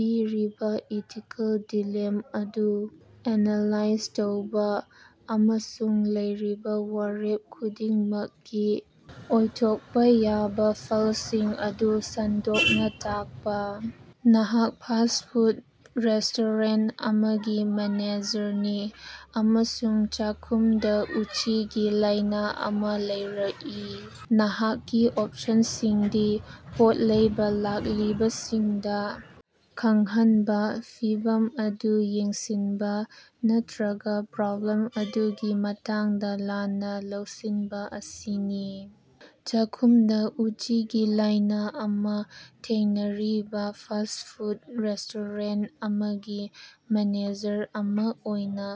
ꯄꯤꯔꯤꯕꯥ ethical dilemma ꯑꯗꯨ analyse ꯇꯧꯕ ꯑꯃꯁꯨꯡ ꯂꯩꯔꯤꯕꯥ ꯋꯥꯔꯦꯞ ꯈꯨꯗꯤꯡꯃꯛꯀꯤ ꯑꯣꯏꯊꯣꯛꯄ ꯌꯥꯕ ꯐꯜꯁꯤꯡ ꯑꯗꯨ ꯁꯟꯗꯣꯛꯅ ꯇꯥꯛꯄ꯫ ꯅꯍꯥꯛ ꯐꯥꯁ꯭ꯠ ꯐꯨꯗ ꯔꯦꯁꯇꯣꯔꯦꯟꯇ ꯑꯃꯒꯤ ꯃꯦꯅꯦꯖꯔꯅꯤ ꯑꯃꯁꯨꯡ ꯆꯥꯛꯈꯨꯝꯗ ꯎꯆꯤꯒꯤ ꯂꯥꯏꯅ ꯑꯃ ꯂꯩꯔꯛꯏ꯫ ꯅꯍꯥꯛꯀꯤ ꯑꯣꯞꯁꯟꯁꯤꯡꯗꯤ ꯄꯣꯠ ꯂꯩꯕ ꯂꯥꯛꯂꯤꯕꯁꯤꯡꯗ ꯈꯪꯍꯟꯕ ꯐꯤꯚꯝ ꯑꯗꯨ ꯌꯦꯡꯁꯤꯟꯕ ꯅꯠꯇ꯭ꯔꯒ ꯄ꯭ꯔꯣꯕ꯭ꯂꯦꯝ ꯑꯗꯨꯒꯤ ꯃꯇꯥꯡꯗ ꯂꯥꯟꯅ ꯂꯧꯁꯤꯟꯕ ꯑꯁꯤꯅꯤ꯫ ꯆꯥꯈꯨꯝꯗ ꯎꯆꯤꯒꯤ ꯂꯥꯏꯅ ꯑꯃꯥ ꯊꯦꯡꯅꯔꯤꯕꯥ ꯐꯥꯁ꯭ꯠ ꯐꯨꯗ ꯔꯦꯁꯇꯣꯔꯦꯟꯇ ꯑꯃꯒꯤ ꯃꯦꯅꯦꯖꯔ ꯑꯃ ꯑꯣꯏꯅ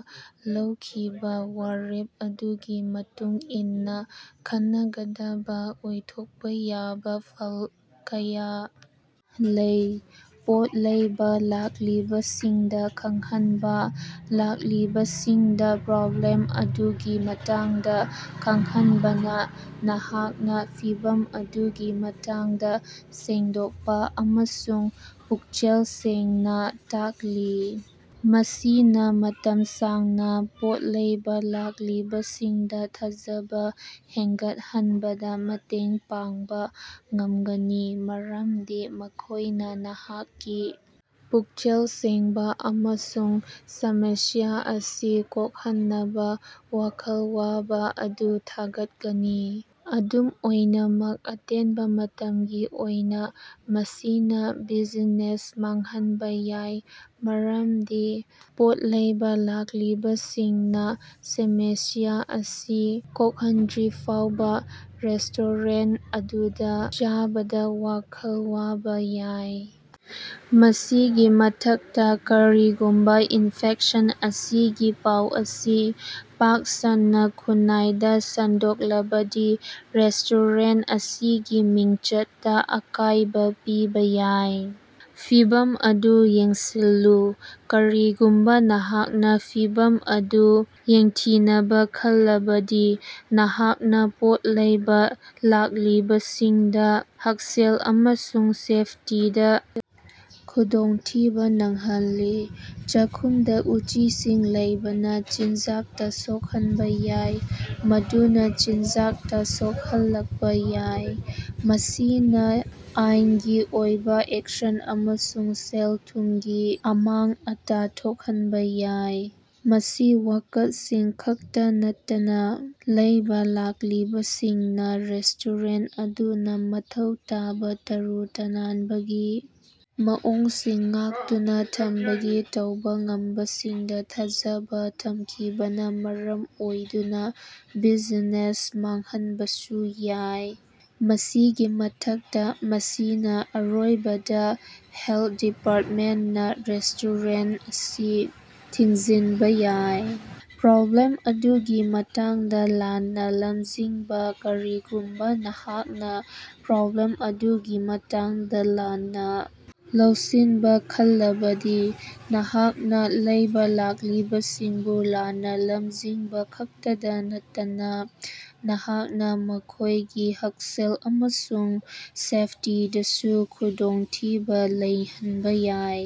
ꯂꯧꯈꯤꯕ ꯋꯥꯔꯦꯞ ꯑꯗꯨꯒꯤ ꯃꯇꯨꯡ ꯏꯟꯅ ꯈꯟꯅꯒꯗꯕ ꯑꯣꯏꯊꯣꯛꯄ ꯌꯥꯕ ꯐꯜ ꯀꯌꯥ ꯂꯩ꯫ ꯄꯣꯠ ꯂꯩꯕ ꯂꯥꯛꯂꯤꯕꯁꯤꯡꯗ ꯈꯪꯍꯟꯕ ꯂꯥꯛꯂꯤꯕꯁꯤꯡꯗ ꯄ꯭ꯔꯣꯕ꯭ꯂꯦꯝ ꯑꯗꯨꯒꯤ ꯃꯇꯥꯡꯗ ꯈꯪꯍꯟꯕꯅ ꯅꯍꯥꯛꯅ ꯐꯤꯚꯝ ꯑꯗꯨꯒꯤ ꯃꯇꯥꯡꯗ ꯁꯦꯡꯗꯣꯛꯄ ꯑꯃꯁꯨꯡ ꯄꯨꯛꯆꯦꯜ ꯁꯦꯡꯅ ꯇꯥꯛꯂꯤ꯫ ꯃꯁꯤꯅ ꯃꯇꯝ ꯁꯥꯡꯅ ꯄꯣꯠ ꯂꯩꯕ ꯂꯥꯛꯂꯤꯕꯁꯤꯡꯗ ꯊꯥꯖꯕ ꯍꯦꯟꯒꯠꯍꯟꯕꯗ ꯃꯇꯦꯡ ꯄꯥꯡꯕ ꯉꯝꯒꯅꯤ ꯃꯔꯝꯗꯤ ꯃꯈꯣꯢꯅ ꯅꯍꯥꯛꯀꯤ ꯄꯨꯛꯆꯦꯜ ꯁꯦꯡꯕ ꯑꯃꯁꯨꯡ ꯁꯃꯁ꯭ꯌꯥ ꯑꯁꯤ ꯀꯣꯛꯍꯟꯅꯕ ꯋꯥꯈꯜ ꯋꯥꯕ ꯑꯗꯨ ꯊꯥꯒꯠꯀꯅꯤ꯫ ꯑꯗꯨꯝ ꯑꯣꯏꯅꯃꯛ ꯑꯇꯦꯟꯕ ꯃꯇꯝꯒꯤ ꯑꯣꯏꯅ ꯃꯁꯤꯅ ꯕꯤꯖꯤꯅꯦꯁ ꯃꯥꯡꯍꯟꯕ ꯌꯥꯏ ꯃꯔꯝꯗꯤ ꯄꯣꯠ ꯂꯩꯕ ꯂꯥꯛꯂꯤꯕ ꯁꯤꯡꯅ ꯁꯃꯁ꯭ꯌꯥ ꯑꯁꯤ ꯀꯣꯛꯍꯟꯗ꯭ꯔꯤꯐꯥꯎꯕ ꯔꯦꯁꯇꯣꯔꯦꯟꯇ ꯑꯗꯨꯗ ꯆꯥꯕꯗ ꯋꯥꯈꯜ ꯋꯥꯕꯥ ꯌꯥꯏ꯫ ꯃꯁꯤꯒꯤ ꯃꯊꯛꯇ ꯀꯔꯤꯒꯨꯝꯕ ꯏꯟꯐꯦꯛꯁꯟ ꯑꯁꯤꯒꯤ ꯄꯥꯎ ꯑꯁꯤ ꯄꯥꯛ ꯁꯟꯅ ꯈꯨꯟꯅꯥꯏꯗ ꯁꯟꯗꯣꯛꯂꯕꯗꯤ ꯔꯦꯁꯇꯣꯔꯦꯟꯇ ꯑꯁꯤꯒꯤ ꯃꯤꯡꯆꯠꯇ ꯑꯀꯥꯢꯕ ꯄꯤꯕꯥ ꯌꯥꯏ꯫ ꯐꯤꯚꯝ ꯑꯗꯨ ꯌꯦꯡꯁꯤꯜꯂꯨ ꯀꯔꯤꯒꯨꯝꯕ ꯅꯍꯥꯛꯅ ꯐꯤꯚꯝ ꯑꯗꯨ ꯌꯦꯡꯊꯤꯅꯕ ꯈꯜꯂꯕꯗꯤ ꯅꯍꯥꯛꯅ ꯄꯣꯠ ꯂꯩꯕ ꯂꯥꯛꯂꯤꯕꯁꯤꯡꯗ ꯍꯛꯁꯦꯜ ꯑꯃꯁꯨꯡ ꯁꯦꯐꯇꯤꯗ ꯈꯨꯗꯣꯡꯊꯤꯕ ꯅꯪꯍꯜꯂꯤ꯫ ꯆꯥꯈꯨꯝꯗ ꯎꯆꯤꯁꯤꯡ ꯂꯩꯕꯅ ꯆꯤꯟꯖꯥꯛꯇꯥ ꯁꯣꯛꯍꯟꯕ ꯌꯥꯏ ꯃꯗꯨꯅ ꯆꯤꯟꯖꯥꯛꯇ ꯁꯣꯛꯍꯜꯂꯛꯄ ꯌꯥꯏ꯫ ꯃꯁꯤꯅꯥ ꯑꯥꯏꯟꯒꯤ ꯑꯣꯏꯕ ꯑꯦꯛꯁꯟ ꯑꯃꯁꯨꯡ ꯁꯦꯜ-ꯊꯨꯝꯒꯤ ꯑꯃꯥꯡ-ꯑꯇꯥ ꯊꯣꯛꯍꯟꯕ ꯌꯥꯏ ꯃꯁꯤ ꯋꯥꯀꯠꯁꯤꯡ ꯈꯛꯇ ꯅꯠꯇꯅ ꯂꯩꯕ ꯂꯥꯛꯂꯤꯕꯁꯤꯡꯅ ꯔꯦꯁꯇꯣꯔꯦꯟꯇ ꯑꯗꯨꯅ ꯃꯊꯧ ꯇꯥꯕ ꯇꯔꯨ ꯇꯅꯥꯟꯕꯒꯤ ꯃꯑꯣꯡꯁꯤꯡ ꯉꯥꯛꯇꯨꯅ ꯊꯝꯕꯒꯤ ꯇꯧꯕ ꯉꯝꯕꯁꯤꯡꯗ ꯊꯥꯖꯕ ꯃꯥꯡꯈꯤꯕꯅ ꯃꯔꯝ ꯑꯣꯏꯗꯨꯅ ꯕꯤꯖꯤꯅꯦꯁ ꯃꯥꯡꯍꯟꯕꯁꯨ ꯌꯥꯏ꯫ ꯃꯁꯤꯒꯤ ꯃꯊꯛꯇ ꯃꯁꯤꯅ ꯑꯔꯣꯏꯕꯗ ꯍꯦꯜꯊ ꯗꯤꯄꯥꯔꯇꯃꯦꯟꯇꯅ ꯔꯦꯁꯇꯣꯔꯦꯟꯇ ꯑꯁꯤ ꯊꯤꯡꯖꯤꯟꯕ ꯌꯥꯏ꯫ ꯄ꯭ꯔꯣꯕ꯭ꯂꯦꯝ ꯑꯗꯨꯒꯤ ꯃꯇꯥꯡꯗ ꯂꯥꯟꯅ ꯂꯝꯖꯤꯡꯕ ꯀꯔꯤꯒꯨꯃꯕ ꯅꯍꯥꯛꯅ ꯄ꯭ꯔꯣꯕ꯭ꯂꯦꯝ ꯑꯗꯨꯒꯤ ꯃꯇꯥꯡꯗ ꯂꯥꯟꯅ ꯂꯧꯁꯤꯟꯕ ꯈꯜꯂꯕꯗꯤ ꯅꯍꯥꯛꯅ ꯂꯩꯕ ꯂꯥꯛꯂꯤꯕꯁꯤꯡꯕꯨ ꯂꯥꯟꯅ ꯂꯝꯖꯤꯡꯕꯈꯛꯇꯗ ꯅꯠꯇꯅ ꯅꯍꯥꯛꯅ ꯃꯈꯣꯢꯒꯤ ꯍꯛꯁꯦꯜ ꯑꯃꯁꯨꯡ ꯁꯦꯐꯇꯤꯗꯁꯨ ꯈꯨꯗꯣꯡ ꯊꯤꯕ ꯂꯩꯍꯟꯕ ꯌꯥꯏ꯫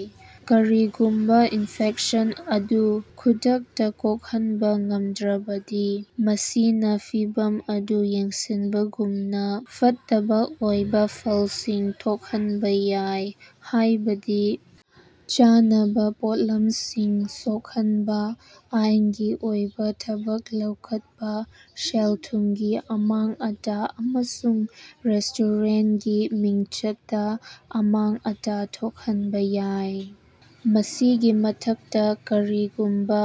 ꯀꯔꯤꯒꯨꯝꯕ ꯏꯟꯐꯦꯛꯁꯟ ꯑꯗꯨ ꯈꯨꯗꯛꯇ ꯀꯣꯛꯍꯟꯕ ꯉꯝꯗ꯭ꯔꯕꯗꯤ ꯃꯁꯤꯅ ꯐꯤꯚꯝ ꯑꯗꯨ ꯌꯦꯡꯁꯤꯟꯕꯒꯨꯝꯅ ꯐꯠꯇꯕ ꯑꯣꯏꯕ ꯐꯜꯁꯤꯡ ꯊꯣꯛꯍꯟꯕ ꯌꯥꯏ ꯍꯥꯢꯕꯗꯤ ꯆꯥꯅꯕ ꯄꯣꯠꯂꯝꯁꯤꯡ ꯁꯣꯛꯍꯟꯕ ꯑꯥꯏꯟꯒꯤ ꯑꯣꯏꯕ ꯊꯕꯛ ꯂꯧꯈꯠꯄ ꯁꯦꯜ-ꯊꯨꯝꯒꯤ ꯑꯃꯥꯡ-ꯑꯇꯥ ꯑꯃꯁꯨꯡ ꯔꯦꯁꯇꯣꯔꯦꯟꯇꯀꯤ ꯃꯤꯡꯆꯠꯇ ꯑꯃꯥꯡ-ꯑꯇꯥ ꯊꯣꯛꯍꯟꯕ ꯌꯥꯏ꯫ ꯃꯁꯤꯒꯤ ꯃꯊꯛꯇ ꯀꯔꯤꯒꯨꯝꯕ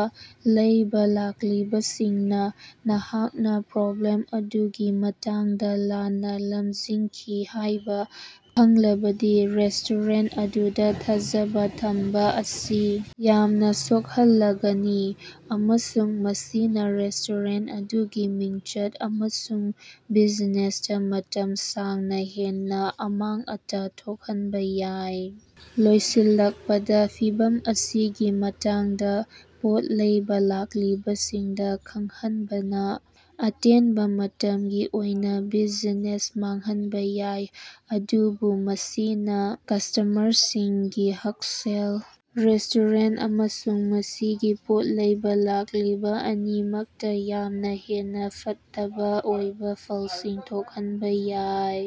ꯂꯩꯕ ꯂꯥꯛꯂꯤꯕꯁꯤꯡꯅ ꯅꯍꯥꯛꯅ ꯄ꯭ꯔꯣꯕ꯭ꯂꯦꯝ ꯑꯗꯨꯒꯤ ꯃꯇꯥꯡꯗ ꯂꯥꯟꯅ ꯂꯝꯖꯤꯡꯈꯤ ꯍꯥꯢꯕ ꯈꯪꯂꯕꯗꯤ ꯔꯦꯁꯇꯣꯔꯦꯟꯇ ꯑꯗꯨꯗ ꯊꯥꯖꯕ ꯊꯝꯕ ꯑꯁꯤ ꯌꯥꯝꯅ ꯁꯣꯛꯍꯜꯂꯒꯅꯤ ꯑꯃꯁꯨꯡ ꯃꯁꯤꯅ ꯔꯦꯁꯇꯣꯔꯦꯟꯇ ꯑꯗꯨꯒꯤ ꯃꯤꯡꯆꯠ ꯑꯃꯁꯨꯡ ꯕꯤꯖꯤꯅꯦꯁꯇ ꯃꯇꯝ ꯁꯥꯡꯅ ꯍꯦꯟꯅ ꯑꯃꯥꯡ-ꯑꯇꯥ ꯊꯣꯛꯍꯟꯕ ꯌꯥꯏ꯫ ꯂꯣꯏꯁꯤꯜꯂꯛꯄꯗ ꯐꯤꯚꯝ ꯑꯁꯤꯒꯤ ꯃꯇꯥꯡꯗ ꯄꯣꯠ ꯂꯩꯕ ꯂꯥꯛꯂꯤꯕꯁꯤꯡꯗ ꯈꯡꯍꯟꯕꯅ ꯑꯇꯦꯟꯕ ꯃꯇꯝꯒꯤ ꯑꯣꯏꯅ ꯕꯤꯖꯤꯅꯦꯁ ꯃꯥꯡꯍꯟꯕ ꯌꯥꯏ ꯑꯗꯨꯕꯨ ꯃꯁꯤꯅ ꯀꯁꯇꯃꯔꯁꯤꯡꯒꯤ ꯍꯛꯁꯦꯜ ꯔꯦꯁꯇꯣꯔꯦꯟꯇ ꯑꯃꯁꯨꯡ ꯃꯁꯤꯒꯤ ꯄꯣꯠ ꯂꯩꯕ ꯂꯥꯛꯂꯤꯕ ꯑꯅꯤꯃꯛꯇ ꯌꯥꯝꯅ ꯍꯦꯟꯅ ꯐꯠꯇꯕ ꯑꯣꯏꯕ ꯐꯜꯁꯤꯡ ꯊꯣꯛꯍꯟꯕꯥ ꯌꯥꯏ꯫